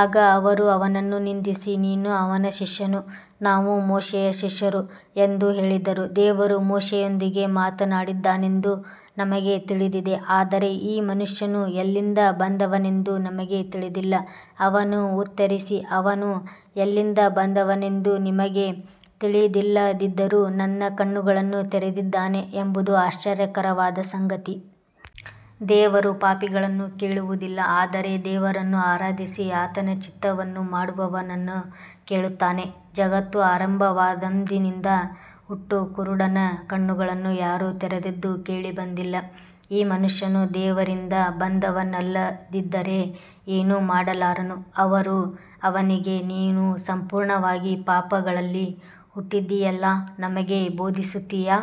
ಆಗ ಅವರು ಅವನನ್ನು ನಿಂದಿಸಿ, ನೀನು ಅವನ ಶಿಷ್ಯನು, ನಾವು ಮೋಶೆಯ ಶಿಷ್ಯರು ಎಂದು ಹೇಳಿದರು. ದೇವರು ಮೋಶೆಯೊಂದಿಗೆ ಮಾತನಾಡಿದ್ದಾನೆಂದು ನಮಗೆ ತಿಳಿದಿದೆ, ಆದರೆ ಈ ಮನುಷ್ಯನು ಎಲ್ಲಿಂದ ಬಂದವನೆಂದು ನಮಗೆ ತಿಳಿದಿಲ್ಲ. ಅವನು ಉತ್ತರಿಸಿ, ಅವನು ಎಲ್ಲಿಂದ ಬಂದವನೆಂದು ನಿಮಗೆ ತಿಳಿದಿಲ್ಲದಿದ್ದರೂ ನನ್ನ ಕಣ್ಣುಗಳನ್ನು ತೆರೆದಿದ್ದಾನೆ ಎಂಬುದು ಆಶ್ಚರ್ಯಕರವಾದ ಸಂಗತಿ. ದೇವರು ಪಾಪಿಗಳನ್ನು ಕೇಳುವುದಿಲ್ಲ, ಆದರೆ ದೇವರನ್ನು ಆರಾಧಿಸಿ ಆತನ ಚಿತ್ತವನ್ನು ಮಾಡುವವನನ್ನು ಕೇಳುತ್ತಾನೆ. ಜಗತ್ತು ಆರಂಭವಾದಂದಿನಿಂದ ಹುಟ್ಟುಕುರುಡನ ಕಣ್ಣುಗಳನ್ನು ಯಾರೂ ತೆರೆದದ್ದು ಕೇಳಿಬಂದಿಲ್ಲ. ಈ ಮನುಷ್ಯನು ದೇವರಿಂದ ಬಂದವನಲ್ಲದಿದ್ದರೆ ಏನೂ ಮಾಡಲಾರನು. ಅವರು ಅವನಿಗೆ, ನೀನು ಸಂಪೂರ್ಣವಾಗಿ ಪಾಪಗಳಲ್ಲಿ ಹುಟ್ಟಿದ್ದೀಯಲ್ಲಾ, ನಮಗೆ ಬೋಧಿಸುತ್ತೀಯಾ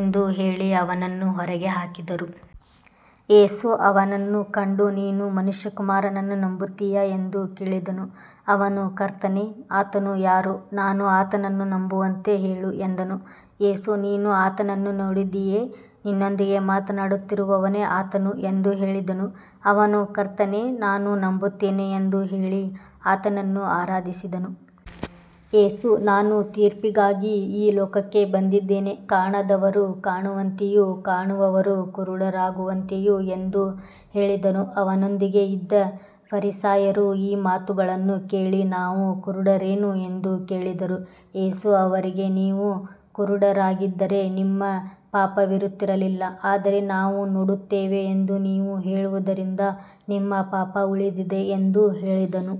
ಎಂದು ಹೇಳಿ ಅವನನ್ನು ಹೊರಗೆ ಹಾಕಿದರು. ಯೇಸು ಅವನನ್ನು ಕಂಡು, ನೀನು ಮನುಷ್ಯಕುಮಾರನನ್ನು ನಂಬುತ್ತೀಯಾ ಎಂದು ಕೇಳಿದನು. ಅವನು, ಕರ್ತನೇ, ಆತನು ಯಾರು, ನಾನು ಆತನನ್ನು ನಂಬುವಂತೆ ಹೇಳು ಎಂದನು. ಯೇಸು, ನೀನು ಆತನನ್ನು ನೋಡಿದ್ದೀಯೆ, ನಿನ್ನೊಂದಿಗೆ ಮಾತನಾಡುತ್ತಿರುವವನೇ ಆತನು ಎಂದು ಹೇಳಿದನು. ಅವನು, ಕರ್ತನೇ, ನಾನು ನಂಬುತ್ತೇನೆ ಎಂದು ಹೇಳಿ ಆತನನ್ನು ಆರಾಧಿಸಿದನು. ಯೇಸು, ನಾನು ತೀರ್ಪಿಗಾಗಿ ಈ ಲೋಕಕ್ಕೆ ಬಂದಿದ್ದೇನೆ, ಕಾಣದವರು ಕಾಣುವಂತೆಯೂ ಕಾಣುವವರು ಕುರುಡರಾಗುವಂತೆಯೂ ಎಂದು ಹೇಳಿದನು. ಅವನೊಂದಿಗೆ ಇದ್ದ ಫರಿಸಾಯರು ಈ ಮಾತುಗಳನ್ನು ಕೇಳಿ, ನಾವೂ ಕುರುಡರೇನು ಎಂದು ಕೇಳಿದರು. ಯೇಸು ಅವರಿಗೆ, ನೀವು ಕುರುಡರಾಗಿದ್ದರೆ ನಿಮಗೆ ಪಾಪವಿರುತ್ತಿರಲಿಲ್ಲ, ಆದರೆ ನಾವು ನೋಡುತ್ತೇವೆ ಎಂದು ನೀವು ಹೇಳುವುದರಿಂದ ನಿಮ್ಮ ಪಾಪ ಉಳಿದಿದೆ ಎಂದು ಹೇಳಿದನು.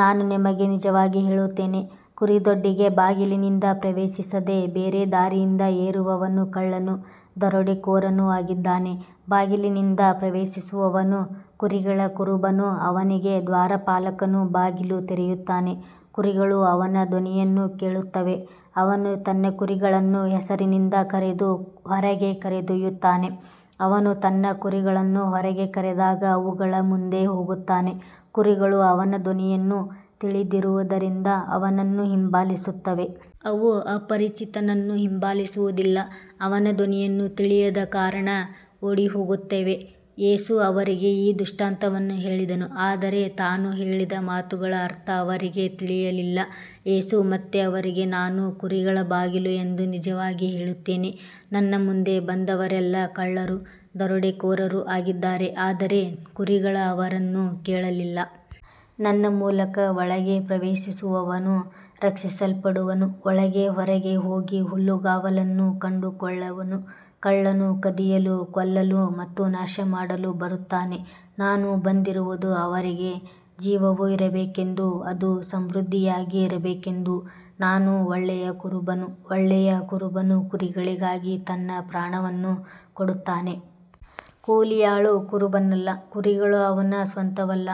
ನಾನು ನಿಮಗೆ ನಿಜವಾಗಿ ಹೇಳುತ್ತೇನೆ, ಕುರಿದೊಡ್ಡಿಗೆ ಬಾಗಿಲಿನಿಂದ ಪ್ರವೇಶಿಸದೆ ಬೇರೆ ದಾರಿಯಿಂದ ಏರುವವನು ಕಳ್ಳನೂ ದರೋಡೆಕೋರನೂ ಆಗಿದ್ದಾನೆ. ಬಾಗಿಲಿನಿಂದ ಪ್ರವೇಶಿಸುವವನು ಕುರಿಗಳ ಕುರುಬನು. ಅವನಿಗೆ ದ್ವಾರಪಾಲಕನು ಬಾಗಿಲು ತೆರೆಯುತ್ತಾನೆ, ಕುರಿಗಳು ಅವನ ಧ್ವನಿಯನ್ನು ಕೇಳುತ್ತವೆ, ಅವನು ತನ್ನ ಕುರಿಗಳನ್ನು ಹೆಸರಿನಿಂದ ಕರೆದು ಹೊರಗೆ ಕರೆದೊಯ್ಯುತ್ತಾನೆ. ಅವನು ತನ್ನ ಕುರಿಗಳನ್ನು ಹೊರಗೆ ಕರೆದಾಗ ಅವುಗಳ ಮುಂದೆ ಹೋಗುತ್ತಾನೆ, ಕುರಿಗಳು ಅವನ ಧ್ವನಿಯನ್ನು ತಿಳಿದಿರುವುದರಿಂದ ಅವನನ್ನು ಹಿಂಬಾಲಿಸುತ್ತವೆ. ಅವು ಅಪರಿಚಿತನನ್ನು ಹಿಂಬಾಲಿಸುವುದಿಲ್ಲ, ಅವನ ಧ್ವನಿಯನ್ನು ತಿಳಿಯದ ಕಾರಣ ಓಡಿಹೋಗುತ್ತವೆ. ಯೇಸು ಅವರಿಗೆ ಈ ದೃಷ್ಟಾಂತವನ್ನು ಹೇಳಿದನು, ಆದರೆ ತಾನು ಹೇಳಿದ ಮಾತುಗಳ ಅರ್ಥ ಅವರಿಗೆ ತಿಳಿಯಲಿಲ್ಲ. ಯೇಸು ಮತ್ತೆ ಅವರಿಗೆ, ನಾನು ಕುರಿಗಳ ಬಾಗಿಲು ಎಂದು ನಿಜವಾಗಿ ಹೇಳುತ್ತೇನೆ. ನನ್ನ ಮುಂದೆ ಬಂದವರೆಲ್ಲ ಕಳ್ಳರೂ ದರೋಡೆಕೋರರೂ ಆಗಿದ್ದಾರೆ, ಆದರೆ ಕುರಿಗಳು ಅವರನ್ನು ಕೇಳಲಿಲ್ಲ. ನನ್ನ ಮೂಲಕ ಒಳಗೆ ಪ್ರವೇಶಿಸುವವನು ರಕ್ಷಿಸಲ್ಪಡುವನು, ಒಳಗೆ ಹೊರಗೆ ಹೋಗಿ ಹುಲ್ಲುಗಾವಲನ್ನು ಕಂಡುಕೊಳ್ಳುವನು. ಕಳ್ಳನು ಕದಿಯಲು, ಕೊಲ್ಲಲು ಮತ್ತು ನಾಶಮಾಡಲು ಬರುತ್ತಾನೆ. ನಾನು ಬಂದಿರುವುದು ಅವರಿಗೆ ಜೀವವು ಇರಬೇಕೆಂದೂ ಅದು ಸಮೃದ್ಧಿಯಾಗಿ ಇರಬೇಕೆಂದೂ. ನಾನು ಒಳ್ಳೆಯ ಕುರುಬನು. ಒಳ್ಳೆಯ ಕುರುಬನು ಕುರಿಗಳಿಗಾಗಿ ತನ್ನ ಪ್ರಾಣವನ್ನು ಕೊಡುತ್ತಾನೆ. ಕೂಲಿಯಾಳು ಕುರುಬನಲ್ಲ, ಕುರಿಗಳು ಅವನ ಸ್ವಂತವಲ್ಲ.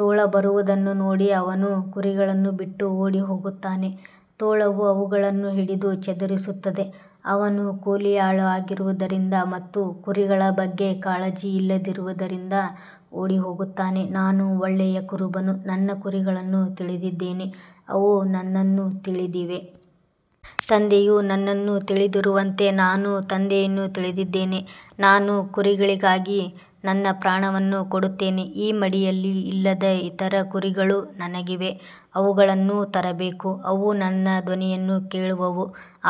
ತೋಳ ಬರುವುದನ್ನು ನೋಡಿ ಅವನು ಕುರಿಗಳನ್ನು ಬಿಟ್ಟು ಓಡಿಹೋಗುತ್ತಾನೆ, ತೋಳವು ಅವುಗಳನ್ನು ಹಿಡಿದು ಚದುರಿಸುತ್ತದೆ. ಅವನು ಕೂಲಿಯಾಳಾಗಿರುವುದರಿಂದ ಮತ್ತು ಕುರಿಗಳ ಬಗ್ಗೆ ಕಾಳಜಿ ಇಲ್ಲದಿರುವುದರಿಂದ ಓಡಿಹೋಗುತ್ತಾನೆ. ನಾನು ಒಳ್ಳೆಯ ಕುರುಬನು, ನನ್ನ ಕುರಿಗಳನ್ನು ತಿಳಿದಿದ್ದೇನೆ, ಅವು ನನ್ನನ್ನು ತಿಳಿದಿವೆ. ತಂದೆಯು ನನ್ನನ್ನು ತಿಳಿದಿರುವಂತೆ ನಾನು ತಂದೆಯನ್ನು ತಿಳಿದಿದ್ದೇನೆ. ನಾನು ಕುರಿಗಳಿಗಾಗಿ ನನ್ನ ಪ್ರಾಣವನ್ನು ಕೊಡುತ್ತೇನೆ. ಈ ಮಡಿಯಲ್ಲಿ ಇಲ್ಲದ ಇತರ ಕುರಿಗಳೂ ನನಗಿವೆ, ಅವುಗಳನ್ನೂ ತರಬೇಕು. ಅವು ನನ್ನ ಧ್ವನಿಯನ್ನು ಕೇಳುವವು,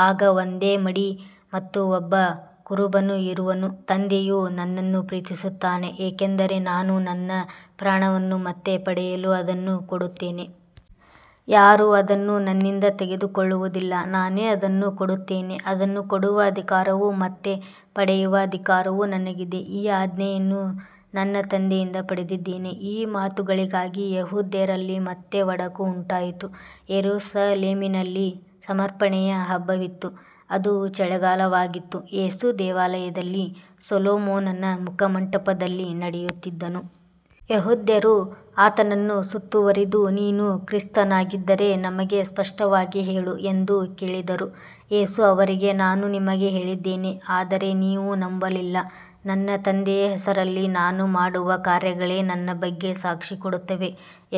ಆಗ ಒಂದೇ ಮಡಿ ಮತ್ತು ಒಬ್ಬ ಕುರುಬನು ಇರುವನು. ತಂದೆಯು ನನ್ನನ್ನು ಪ್ರೀತಿಸುತ್ತಾನೆ, ಏಕೆಂದರೆ ನಾನು ನನ್ನ ಪ್ರಾಣವನ್ನು ಮತ್ತೆ ಪಡೆಯಲು ಅದನ್ನು ಕೊಡುತ್ತೇನೆ. ಯಾರೂ ಅದನ್ನು ನನ್ನಿಂದ ತೆಗೆದುಕೊಳ್ಳುವುದಿಲ್ಲ, ನಾನೇ ಅದನ್ನು ಕೊಡುತ್ತೇನೆ. ಅದನ್ನು ಕೊಡುವ ಅಧಿಕಾರವೂ ಮತ್ತೆ ಪಡೆಯುವ ಅಧಿಕಾರವೂ ನನಗಿದೆ. ಈ ಆಜ್ಞೆಯನ್ನು ನನ್ನ ತಂದೆಯಿಂದ ಪಡೆದಿದ್ದೇನೆ. ಈ ಮಾತುಗಳಿಗಾಗಿ ಯೆಹೂದ್ಯರಲ್ಲಿ ಮತ್ತೆ ಒಡಕು ಉಂಟಾಯಿತು. ಯೆರೂಸಲೇಮಿನಲ್ಲಿ ಸಮರ್ಪಣೆಯ ಹಬ್ಬವಿತ್ತು. ಅದು ಚಳಿಗಾಲವಾಗಿತ್ತು, ಯೇಸು ದೇವಾಲಯದಲ್ಲಿ ಸೊಲೊಮೋನನ ಮುಖಮಂಟಪದಲ್ಲಿ ನಡೆಯುತ್ತಿದ್ದನು. ಯೆಹೂದ್ಯರು ಆತನನ್ನು ಸುತ್ತುವರಿದು, ನೀನು ಕ್ರಿಸ್ತನಾಗಿದ್ದರೆ ನಮಗೆ ಸ್ಪಷ್ಟವಾಗಿ ಹೇಳು ಎಂದು ಕೇಳಿದರು. ಯೇಸು ಅವರಿಗೆ, ನಾನು ನಿಮಗೆ ಹೇಳಿದ್ದೇನೆ, ಆದರೆ ನೀವು ನಂಬಲಿಲ್ಲ. ನನ್ನ ತಂದೆಯ ಹೆಸರಿನಲ್ಲಿ ನಾನು ಮಾಡುವ ಕಾರ್ಯಗಳೇ ನನ್ನ ಬಗ್ಗೆ ಸಾಕ್ಷಿ ಕೊಡುತ್ತವೆ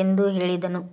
ಎಂದು ಹೇಳಿದನು.